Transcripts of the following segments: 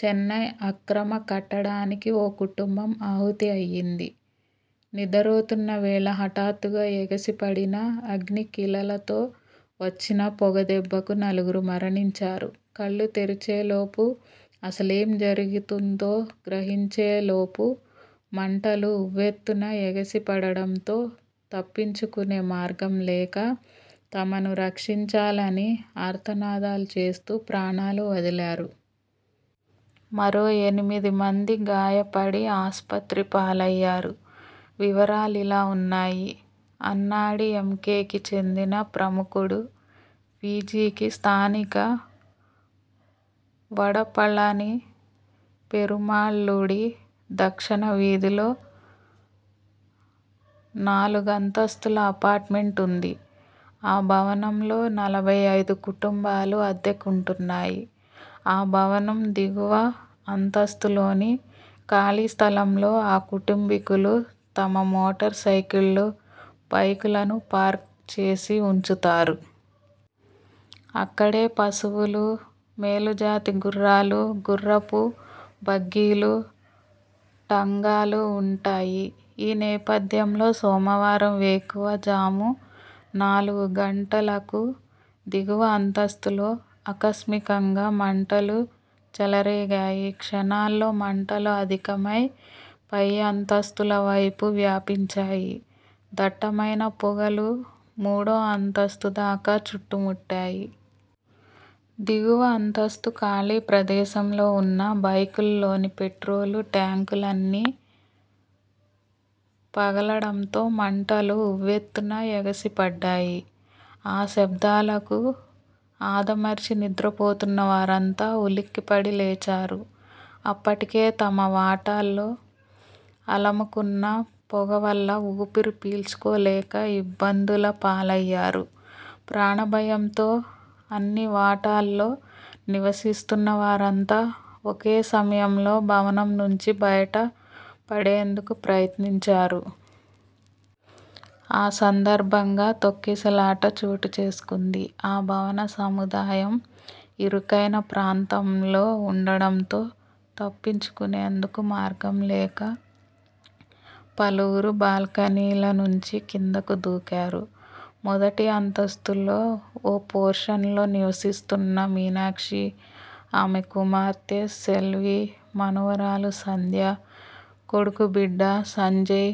చెన్నై అక్రమ కట్టడానికి ఓ కుటుంబం ఆహుతి అయ్యింది. నిద్దరోతున్న వేళ హఠాత్తుగా ఎగసిపడిన అగ్నికీలలతో వచ్చిన పొగదెబ్బకు నలుగురు మరణించారు. కళ్లు తెరిచేలోపు, అసలేం జరుగుతుందో గ్రహించేలోపు మంటలు ఉవ్వెత్తున ఎగసిపడడంతో తప్పించుకునే మార్గం లేక, తమను రక్షించాలని ఆర్తనాదాలు చేస్తూ ప్రాణాలు వదిలారు. మరో ఎనిమిదిమంది గాయపడి ఆస్పత్రిపాలయ్యారు. వివరాలిలా వున్నాయి అన్నాడీఎంకేకి చెందిన ప్రముఖుడు విజీకి స్థానిక వడపళని పెరుమాళ్గుడి దక్షిణవీధిలో నాలుగం తస్తుల అపార్ట్మెంట్ వుంది. ఆ భవనంలో నలభై ఐదు కుటుంబాలు అద్దెకుంటున్నాయి. ఆ భవనం దిగువ అంతస్తులోని ఖాళీ స్థలంలో ఆ కుటుంబీకులు తమ మోటారుసైకిళ్లు, బైకులను పార్కింగ్ చేసి ఉంచుతారు. అక్కడే పశువులు, మేలుజాతి గుర్రా లు, గుర్రపు బగ్గీలు, టాంగాలు ఉంటాయి. ఈ నేపథ్యంలో సోమవారం వేకువజాము నాలుగు గంటలకు దిగువ అంతస్తులో ఆకస్మికంగా మంటలు చెలరేగాయి. క్షణాలలో మంటలు అధికమై పై అంతస్తుల వైపు వ్యాపించాయి. దట్టమైన పొగలు మూడో అంతస్తు దాకా చుట్టుముట్టాయి. దిగువ అంతస్తు ఖాళీ ప్రదేశంలో ఉన్న బైకుల లోని పెట్రోలు ట్యాంకులన్నీ పగలటంతో మంటలు ఉవ్వెత్తున ఎగసిపడ్డాయి. ఆ శబ్దాలకు ఆదమరచి నిద్రపోతున్నవారంతా ఉలిక్కిపడి లేచారు. అప్పటి కే తమ వాటాలలో అలముకున్న పొగ వల్ల ఊపిరి పీల్చుకోలేక ఇబ్బందులపాలయ్యారు. ప్రాణ భయంతో అన్ని వాటాలలో నివసిస్తున్నవారంతా ఒకే సమయంలో భవనం నుంచి బయట పడేందుకు ప్రయత్నించారు. ఆ సందర్భంగా తొక్కిసలాట చోటుచేసుకుంది. ఆ భవన సముదాయం ఇరుకైన ప్రాంతంలో ఉండటంతో తప్పించుకునేందుకు మార్గం లేక పలువురు బాల్కనీల నుంచి కిందకు దూకారు. మొదటి అంతస్థులో ఓ పోర్షన్లో నివసిస్తున్న మీనాక్షి, ఆమె కుమార్తె సెల్వి, మనుమరాలు సంధ్య, కొడుకు బిడ్డ సంజయ్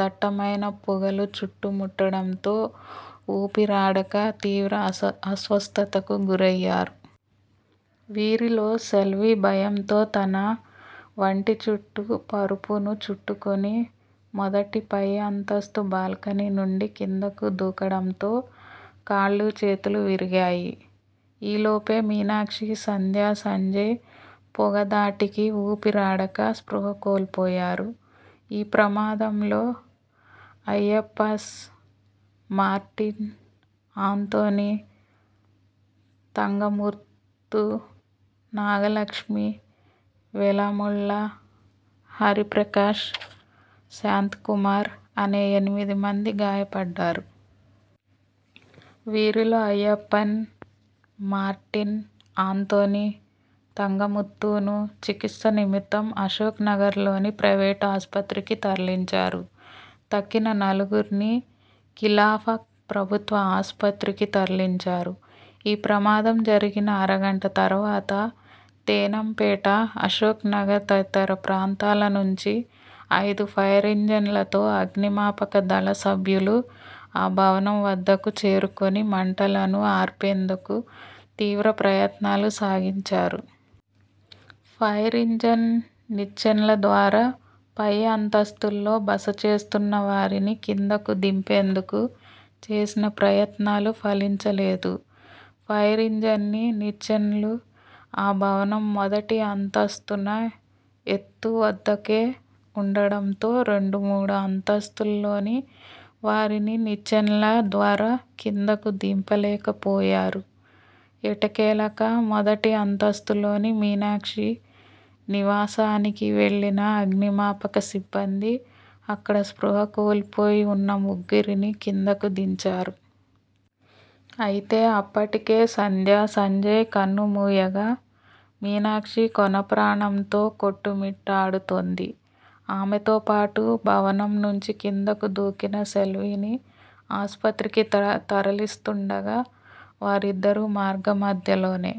దట్టమైన పొగలు చుట్టుముట్టడంతో ఊపిరాడక తీవ్ర అస్వస్థతకు గురయ్యారు. వీరిలో సెల్వి భయంతో తన వంటి చుట్టు పరుపును చుట్టుకుని మొదటి పై అంతస్తు బాల్కనీ నుండి కిందకు దూకటంతో కాళ్లు చేతులు విరిగాయి. ఈలోపే మీనాక్షి, సంధ్య, సంజయ్ పొగ ధాటికి ఊపిరాడక స్పృహ కోల్పోయారు. ఈ ప్రమాదంలో అయ్యప్పన్, మార్టిన్, ఆంటోని తంగముత్తు, నాగలక్ష్మి, వేలమ్మాల, హర్రిపకాష్, శాంతకుమార్ అనే ఎనిమిది మంది గాయపడ్డారు. వీరిలో అయ్యప్పన్, మార్టిన్, ఆంటోని, తంగముత్తును చికిత్స నిమిత్తం అశోక్నగర్లోని ప్రైవేటు ఆస్పత్రికి తరలించారు. తక్కిన నలుగురిని కీల్పాక్ ప్రభుత్వ ఆస్పత్రికి తరలించారు. ఈ ప్రమాదం జరిగిన అరగంట తర్వాత తేనాం పేట, అశోక్నగర్ తదితర ప్రాంతాల నుంచి ఐదు ఫైరింజన్లతో అగ్నిమాపక దళం సభ్యులు ఆ భవనం వద్దకు చేరుకుని మంటలను ఆర్పేందుకు తీవ్ర ప్రయత్నాలు సాగించారు. ఫైరింజిన్ నిచ్చెనల ద్వారా పై అంతస్తులలో బస చేస్తున్నవారిని కిందకు దింపేందుకు చేసిన ప్రయత్నాలు ఫలించలేదు. ఫైరింజన్పైని నిచ్చెనలు ఆ భవనం మొదటి అంతస్తున్న ఎత్తువద్దకే ఉండటంతో రెండు మూడు అంతస్తులలోని వారిని నిచ్చెనల ద్వారా కిందకు దింపలేకపోయారు. ఎట్టకేలక మొదటి అంతస్తులోని మీనాక్షి నివాసానికి వెళ్లిన అగ్నిమాపక సిబ్బంది, అక్కడ స్పృహ కోల్పోయి వున్న ముగ్గురినీ కిందకు దించారు. అయితే అప్పటికే సంధ్య, సంజయ్ కన్నుమూయగా, మీనాక్షి కొనప్రాణాలతో కొట్టుమిట్టాడుతోంది. ఆమెతో పాటు భవనం నుంచి కిందకు దూకిన సెల్విని ఆస్పత్రికి తరలిస్తుండగా, వారిద్దరూ మార్గమధ్యలోనే